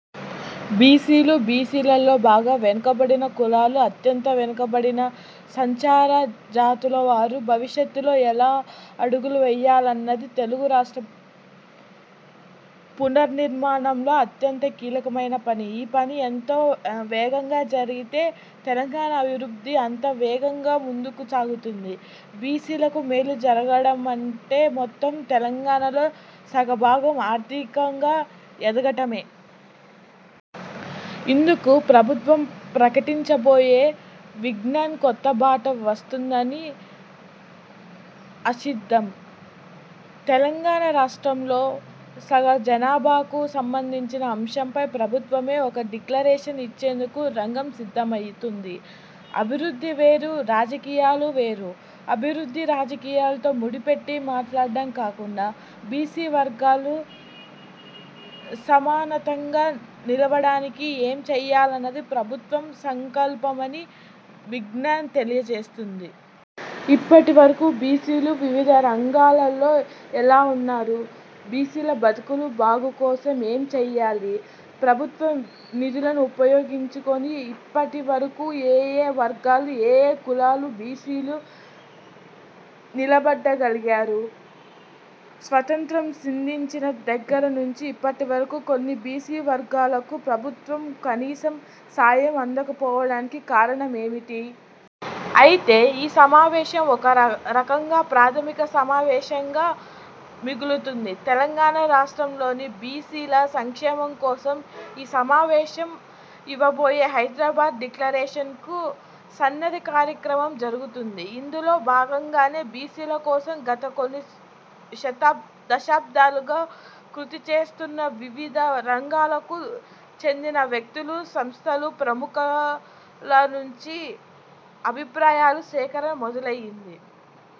బీసీలు, బీసీలలో బాగా వెనుకబడిన కులాలు, అత్యంత వెనుకబడిన సంచారజాతుల వారు భవిష్యత్తులో ఎలా అడుగులు వేయాలోనన్నది తెలంగాణ రాష్ట్ర పునర్నిర్మాణంలో అత్యంత కీలకమైన పని. ఈ పని ఎంత వేగంగా జరిగితే తెలంగాణ అభివృద్ధి అంత వేగంగా ముందుకు సాగుతుంది. బీసీలకు మేలు జరగటమంటే మొత్తం తెలంగాణలో సగభాగం ఆర్థికంగా ఎదగటమే. ఇందుకు ప్రభుత్వం ప్రకటించబోయే విజ్ఞన్ కొత్తబాట వస్తుందని అశిద్దాం. తెలంగాణ రాష్ట్రంలో సగం జనాభాకు సంబంధించిన అంశంపై ప్రభుత్వమే ఒక డిక్లరేషన్ ఇచ్చేందుకు రంగం సిద్ధమౌతుంది. అభివృద్ధి వేరు, రాజకీయాలు వేరు. అభివృద్ధిని రాజకీయాలతో ముడిపెట్టి మాట్లాడటం కాకుండా బీసీ వర్గాలు సమున్నతంగా నిలవడానికి ఏంచేయాలన్నది ప్రభుత్వ సంకల్పమని విజ్ఞన్ తెలియజేస్తుంది. ఇప్పటి వరకు బీసీలు వివిధ రంగాల్లో ఎలా ఉన్నారు? బీసీల బతుకుల బాగుకోసం ఏంచేయాలి? ప్రభుత్వ నిధులను ఉపయోగించుకొని ఇప్పటి వరకు ఏయే వర్గాల, ఏ కులాల బీసీలు నిలబడగలిగారు? స్వతంత్య్రం సిందించిన దగ్గర నుంచి ఇప్పటివరకు కొన్ని బీసీ వర్గాలకు ప్రభుత్వ కనీస సాయం అందకపోవడానికి కారణం ఏమిటి? అయితే ఈ సమావేశం ఒక ర రకంగా ప్రాథమిక సమావేశంగా మిగులుతుంది. తెలంగాణ రాష్ట్రంలోని బీసీల సంక్షేమం కోసం ఈ సమావేశం ఇవ్వబోయే హైదరాబాద్ డిక్లరేషన్ కు సన్నది కార్యక్రమం జరుగుతుంది. ఇందులో భాగంగానే బీసీల కోసం గత కొన్ని శత దశాబ్దాలుగా కృషి చేస్తున్న వివిధ రంగాలకు చెందిన వ్యక్తులు, సంస్థలు, ప్రముఖుల నుంచి అభిప్రాయాల సేకరణ మొదలైంది.